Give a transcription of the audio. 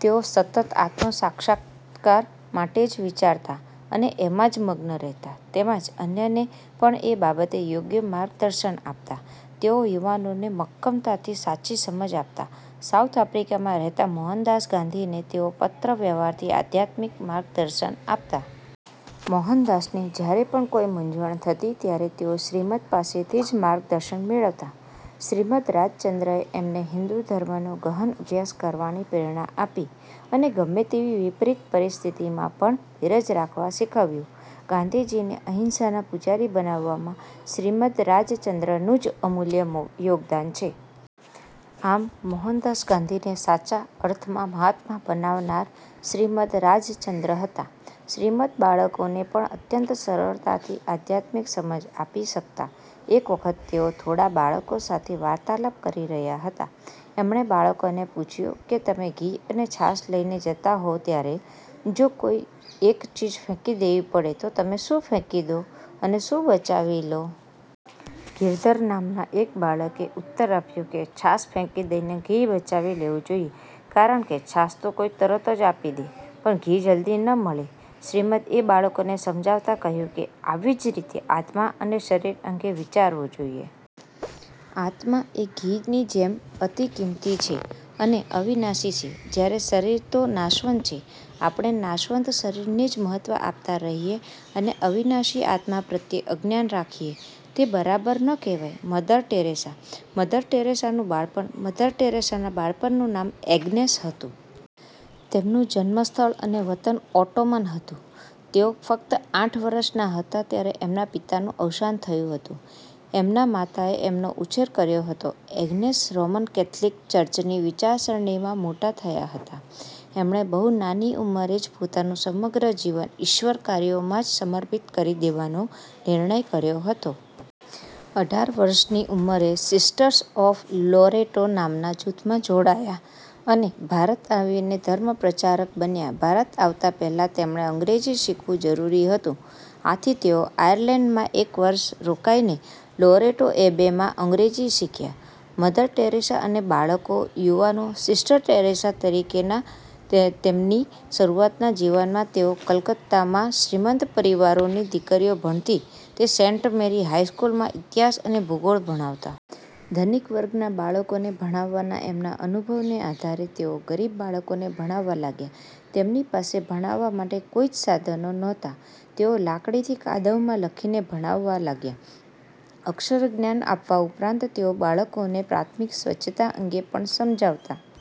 તેઓ સતત આત્મસાક્ષાત્કાર માટે જ વિચારતા અને એમાં જ મગ્ન રહેતા. તેમજ અન્યને પણ એ બાબતે યોગ્ય માર્ગદર્શન આપતા. તેઓ યુવાનોને મક્કમતાથી સાચી સમજ આપતા. સાઉથ આફ્રિકામાં રહેતા મોહનદાસ ગાંધીને તેઓ પત્ર વ્યવહારથી આધ્યાત્મિક માર્ગદર્શન આપતા. મોહનદાસને જયારે પણ કોઈ મૂંઝવણ થતી ત્યારે તેઓ શ્રીમદ્ પાસેથી જ માર્ગદર્શન મેળવતા. શ્રીમદ્ રાજચંદ્રએ એમને હિન્દુ ધર્મનો ગહન અભ્યાસ કરવાની પ્રેરણા આપી અને ગમે તેવી વિપરીત પરિસ્થિતિમાં પણ ધીરજ રાખવા શીખવ્યું. ગાંધીજીને અહિંસાના પૂજારી બનાવવામાં શ્રીમદ્ રાજચંદ્રનું જ અમૂલ્ય યોગદાન છે. આમ, મોહનદાસ ગાંધીને સાચા અર્થમાં મહાત્મા બનાવનાર શ્રીમદ્ રાજચંદ્ર હતા! શ્રીમદ્ બાળકોને પણ અત્યંત સરળતાથી આધ્યાત્મિક સમજ આપી શકતા. એક વખત તેઓ થોડા બાળકો સાથે વાર્તાલાપ કરી રહ્યા હતા. એમણે બાળકોને પૂછ્યું કે તમે ઘી અને છાશ લઈને જતા હો ત્યારે જો કોઈ એક ચીજ ફેંકી દેવી પડે તો તમે શું ફેંકી દો અને શું બચાવી લો? ગિરધર નામના એક બાળકે ઉત્તર આપ્યો કે છાશ ફેંકી દઈને ઘી બચાવી લેવું જોઈએ કારણકે છાશ તો કોઈ તરત જ આપી દે પણ ઘી જલ્દી ન મળે. શ્રીમદ્એ બાળકોને સમજાવતાં કહ્યું કે આવી જ રીતે આત્મા અને શરીર અંગે વિચારવું જોઈએ. આત્મા એ ઘીની જેમ અતિ કિંમતી છે અને અવિનાશી છે. જયારે શરીર તો નાશવંત છે. આપણે નાશવંત શરીરને જ મહત્વ આપતાં રહીએ અને અવિનાશી આત્મા પ્રત્યે અજ્ઞાન રાખીએ તે બરાબર ન કહેવાય. મધર ટેરેસા મધર ટેરેસા નું બાળપણ મધર ટેરેસાના બાળપણનું નામ એગ્નેસ હતું. તેમનું જન્મ સ્થળ અને વતન ઓટોમન હતું. તેઓ ફક્ત આઠ વર્ષના હતા ત્યારે એમના પિતાનું અવસાન થયું હતું. એમના માતાએ એમનો ઉછેર કર્યો હતો. એગ્નેસ રોમન કેથલિક ચર્ચની વિચારસરણીમાં મોટા થયા હતા. એમણે બહુ નાની ઉંમરે જ પોતાનું સમગ્ર જીવન ઈશ્વર કાર્યોમાં જ સમર્પિત કરી દેવાનો નિર્ણય કર્યો હતો. અઢાર વર્ષની ઉંમરે "સિસ્ટર્સ ઓફ લોરેટો" નામના જૂથમાં જોડાયા અને ભારત આવીને ધર્મપ્રચારક બન્યા. ભારત આવતાં પહેલાં તેમણે અંગ્રેજી શીખવું જરૂરી હતું. આથી તેઓ આયર્લેન્ડમાં એક વર્ષ રોકાઈને "લોરેટો એબે"માં અંગ્રેજી શીખ્યાં. મધર ટેરેસા અને બાળકો / યુવાનો સિસ્ટર ટેરેસા તરીકેના તેમની શરૂઆતના જીવનમાં તેઓ કલકત્તામાં શ્રીમંત પરિવારોની દીકરીઓ ભણતી તે સેન્ટ મેરી હાઈ સ્કૂલમાં ઇતિહાસ અને ભૂગોળ ભણાવતા. ધનિક વર્ગના બાળકોને ભણાવવાના એમના અનુભવને આધારે તેઓ ગરીબ બાળકોને ભણાવવા લાગ્યા. એમની પાસે ભણાવવા માટે કોઈ જ સાધનો નહોતા. તેઓ લાકડીથી કાદવમાં લખીને ભણાવવા લાગ્યા. અક્ષરજ્ઞાન આપવા ઉપરાંત તેઓ બાળકોને પ્રાથમિક સ્વચ્છતા અંગે પણ સમજાવતા.